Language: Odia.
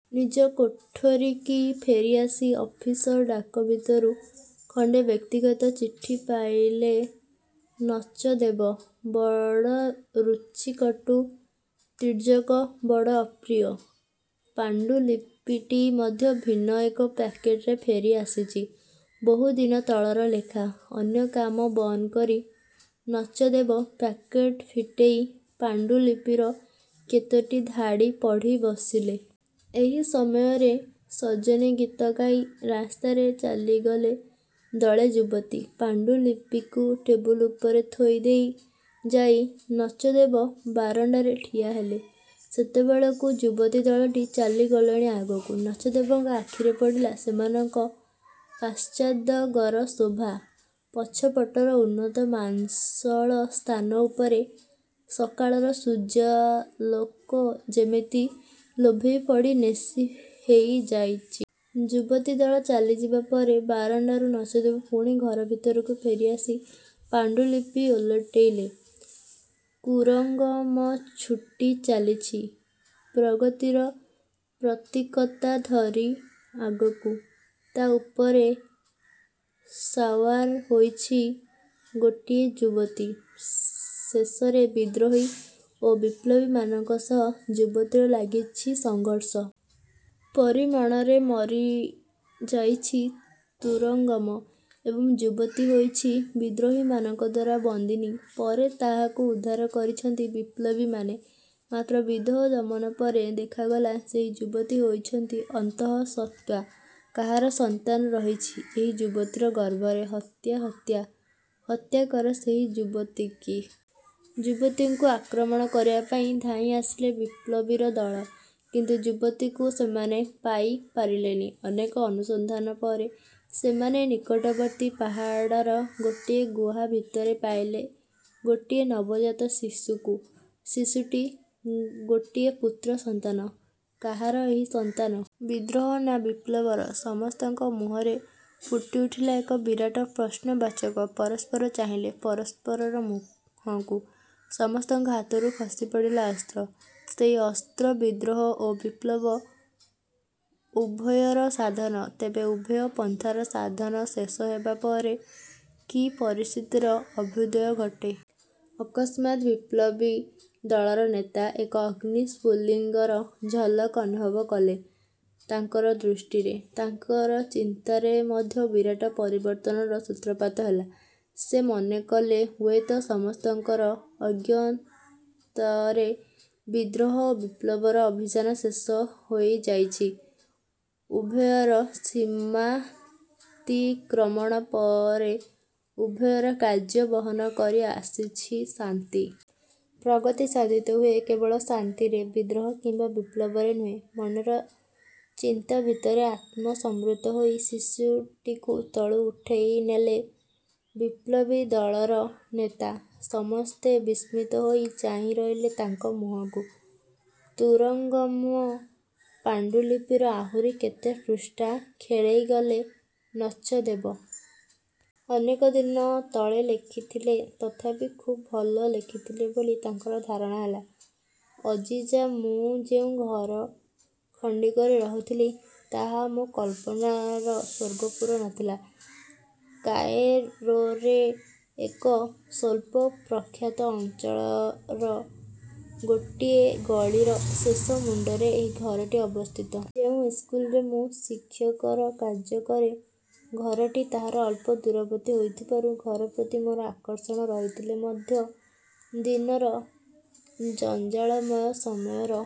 ନିଜ କୋଠରିକି ଫେରି ଆସି ଅଫିସର ଡାକ ଭିତରୁ ଖଣ୍ଡେ ବ୍ୟକ୍ତିଗତ ଚିଠି ପାଇଲେ ନଚଦେବ। ବଡ଼ ରୁଚି କଟୁ, ତିର୍ଯକ, ବଡ଼ ଅପ୍ରିୟ। ପାଣ୍ଡୁଲିପିଟି ମଧ୍ୟ ଭିନ୍ନ ଏକ ପ୍ୟାକେଟରେ ଫେରି ଆସିଛି। ବହୁ ଦିନ ତଳର ଲେଖା। ଅନ୍ୟ କାମ ବନ୍ଦ କରି ନଚଦେବ ପ୍ୟାକେଟ ଫିଟେଇ ପାଣ୍ଡୁ ଲିପିର କେତୋଟି ଧାଡ଼ି ପଢ଼ି ବସିଲେ। ଏହି ସମୟରେ 'ସଜନୀ' ଗୀତ ଗାଇ ରାସ୍ତାରେ ଚାଲିଗଲେ ଦଳେ ଯୁବତୀ। ପାଣ୍ଡୁଲିପିକୁ ଟେବୁଲ ଉପରେ ଥୋଇ ଦେଇ ଯାଇ ନଚଦେବ ବାରଣ୍ଡାରେ ଠିଆ ହେଲେ। ସେତେବେଳକୁ ଯୁବତୀ ଦଳଟି ଚାଲିଗଲେଣି ଆଗକୁ। ନଚଦେବଙ୍କ ଆଖିରେ ପଡ଼ିଲା ସେମାନଙ୍କ ପଶ୍ଚାତ୍ଭାଗର ଶୋଭା। ପଛପଟର ଉନ୍ନତ ମାଂସଳ ସ୍ଥାନ ଉପରେ ସକାଳର ସୂର୍ଯ୍ୟାଲୋକ ଯେମିତି ଲୋଭେଇ ପଡ଼ି ନେଶି ହେଇ ଯାଇଚି। ଯୁବତୀଦଳ ଚାଲିଯିବା ପରେ ବାରଣ୍ଡାରୁ ନଚଦେବ ପୁଣି ଘର ଭିତରକୁ ଫେରି ଆସି ପାଣ୍ଡୁଲିପି ଓଲଟେଇଲେ। 'କୁରଙ୍ଗମ ଛୁଟି ଚାଲିଛି ପ୍ରଗତିର ପ୍ରତୀକତା ଧରି ଆଗକୁ, ତା' ଉପରେ ସଓ୍ୟାର୍ ହୋଇଛି ଗୋଟିଏ ଯୁବତୀ; ଶେଷରେ ବିଦ୍ରୋହୀ ଓ ବିପ୍ଳବୀମାନଙ୍କ ସହ ଯୁବତୀର ଲାଗିଛି ସଂଘର୍ଷ। ପରିଣାମରେ ମରି ଯାଇଛି ତୁରଙ୍ଗମ ଏବଂ ଯୁବତୀ ହୋଇଛି ବିଦ୍ରୋହୀମାନଙ୍କଦ୍ଵାରା ବନ୍ଦିନୀ। ପରେ ତାହାକୁ ଉଦ୍ଧାର କରିଛନ୍ତି ବିପ୍ଳବୀମାନେ। ମାତ୍ର ବିଦ୍ରୋହ ଦମନ ପରେ ଦେଖାଗଲା, ସେହି ଯୁବତୀ ହୋଇଛି ଅନ୍ତଃସତ୍ତ୍ଵା। କାହାର ସନ୍ତାନ ରହିଛି ଏହି ଯୁବତୀର ଗର୍ଭରେ? ହତ୍ୟା, ହତ୍ୟା। ହତ୍ୟାକର ସେହି ଯୁବତୀକି। ଯୁବତୀଙ୍କୁ ଆକ୍ରମଣ କରିବା ପାଇଁ ଧାଇଁ ଆସିଲେ ବିପ୍ଳବୀର ଦଳ। କିନ୍ତୁ ଯୁବତୀକୁ ସେମାନେ ପାଇ ପାରିଲେନି। ଅନେକ ଅନୁସନ୍ଧାନ ପରେ ସେମାନେ ନିକଟବର୍ତ୍ତୀ ପାହାଡ଼ର ଗୋଟିଏ ଗୁହା ଭିତରେ ପାଇଲେ ଗୋଟିଏ ନବଜାତ ଶିଶୁକୁ। ଶିଶୁଟି ଗୋଟିଏ ପୁତ୍ର ସନ୍ତାନ। କାହାର ଏହି ସନ୍ତାନ? ବିଦ୍ରୋହ ନା ବିପ୍ଳବର? ସମସ୍ତଙ୍କ ମୁହଁରେ ଫୁଟି ଉଠିଲା ଏକ ବିରାଟ ପ୍ରଶ୍ନବାଚକ। ପରସ୍ପର ଚାହିଁଲେ ପରସ୍ପରର ମୁହଁକୁ। ସମସ୍ତଙ୍କ ହାତରୁ ଖସି ପଡ଼ିଲା ଅସ୍ତ୍ର। ସେହି ଅସ୍ତ୍ର ବିଦ୍ରୋହ ଓ ବିପ୍ଳବ ଉଭୟର ସାଧନ। ତେବେ, ଉଭୟ ପନ୍ଥାର ସାଧନ ଶେଷ ହେବା ପରେ କି ପରିସ୍ଥିତିର ଅଭ୍ୟୁଦୟ ଘଟେ? ଅକସ୍ମାତ୍ ବିପ୍ଳବୀଦଳର ନେତା ଏକ ଅଗ୍ନି ସ୍ଫୁଲିଙ୍ଗର ଝଲକ ଅନୁଭବ କଲେ ତାଙ୍କର ଦୃଷ୍ଟିରେ। ତାଙ୍କର ଚିନ୍ତାରେ ମଧ୍ୟ ବିରାଟ ପରିବର୍ତ୍ତନର ସୂତ୍ରପାତ ହେଲା। ସେ ମନେ କଲେ, ହୁଏତ ସମସ୍ତଙ୍କର ଅଜ୍ଞାତରେ ବିଦ୍ରୋହ ଓ ବିପ୍ଳବର ଅଭିଯାନ ଶେଷ ହୋଇଯାଇଛି। ଉଭୟର ସୀମାତିକ୍ରମଣ ପରେ ଉଭୟର କାର୍ଯ୍ୟ ବହନ କରି ଆସିଛି ଶାନ୍ତି। ପ୍ରଗତି ସାଧିତ ହୁଏ କେବଳ ଶାନ୍ତିରେ, ବିଦ୍ରୋହ କିମ୍ବା ବିପ୍ଳବରେ ନୁହେଁ। ମନର ଚିନ୍ତା ଭିତରେ ଆତ୍ମସମ୍ବୃତ ହୋଇ ଶିଶୁଟିକୁ ତଳୁ ଉଠେଇ ନେଲେ ବିପ୍ଳବୀଦଳର ନେତା। ସମସ୍ତେ ବିସ୍ମିତ ହୋଇ ଚାହିଁ ରହିଲେ ତାଙ୍କ ମୁହଁକୁ। ତୁରଙ୍ଗମ! ପାଣ୍ଡୁଲିପିର ଆହୁରି କେତେ ପୃଷ୍ଠା ଖେଳେଇ ଗଲେ ନଚଦେବ। ଅନେକ ଦିନ ତଳେ ଲେଖିଥିଲେ, ତଥାପି ଖୁବ୍ ଭଲ ଲେଖିଥିଲେ ବୋଲି ତାଙ୍କର ଧାରଣା ହେଲା। ଅଜିଜା ମୁଁ ଯେଉଁ ଘର ଖଣ୍ଡିକରେ ରହୁଥିଲି, ତାହା ମୋ କଳ୍ପନାର ସ୍ଵର୍ଗପୁର ନ ଥିଲା। କାଏରୋରେ ଏକ ସ୍ୱଳ୍ପପ୍ରଖ୍ୟାତ ଅଞ୍ଚଳର ଗୋଟିଏ ଗଳିର ଶେଷ ମୁଣ୍ଡରେ ଏହି ଘରଟି ଅବସ୍ଥିତ। ଯେଉଁ ଇସ୍କୁଲରେ ମୁଁ ଶିକ୍ଷକର କାର୍ଯ୍ୟ କରେ, ଘରଟି ତାହାର ଅଳ୍ପ ଦୂରବର୍ତ୍ତୀ ହୋଇଥିବାରୁ ଘରପ୍ରତି ମୋର ଆକର୍ଷଣ ରହିଥିଲେ। ମଧ୍ୟ ଦିନର ଜଞ୍ଜାଳମୟ ସମୟର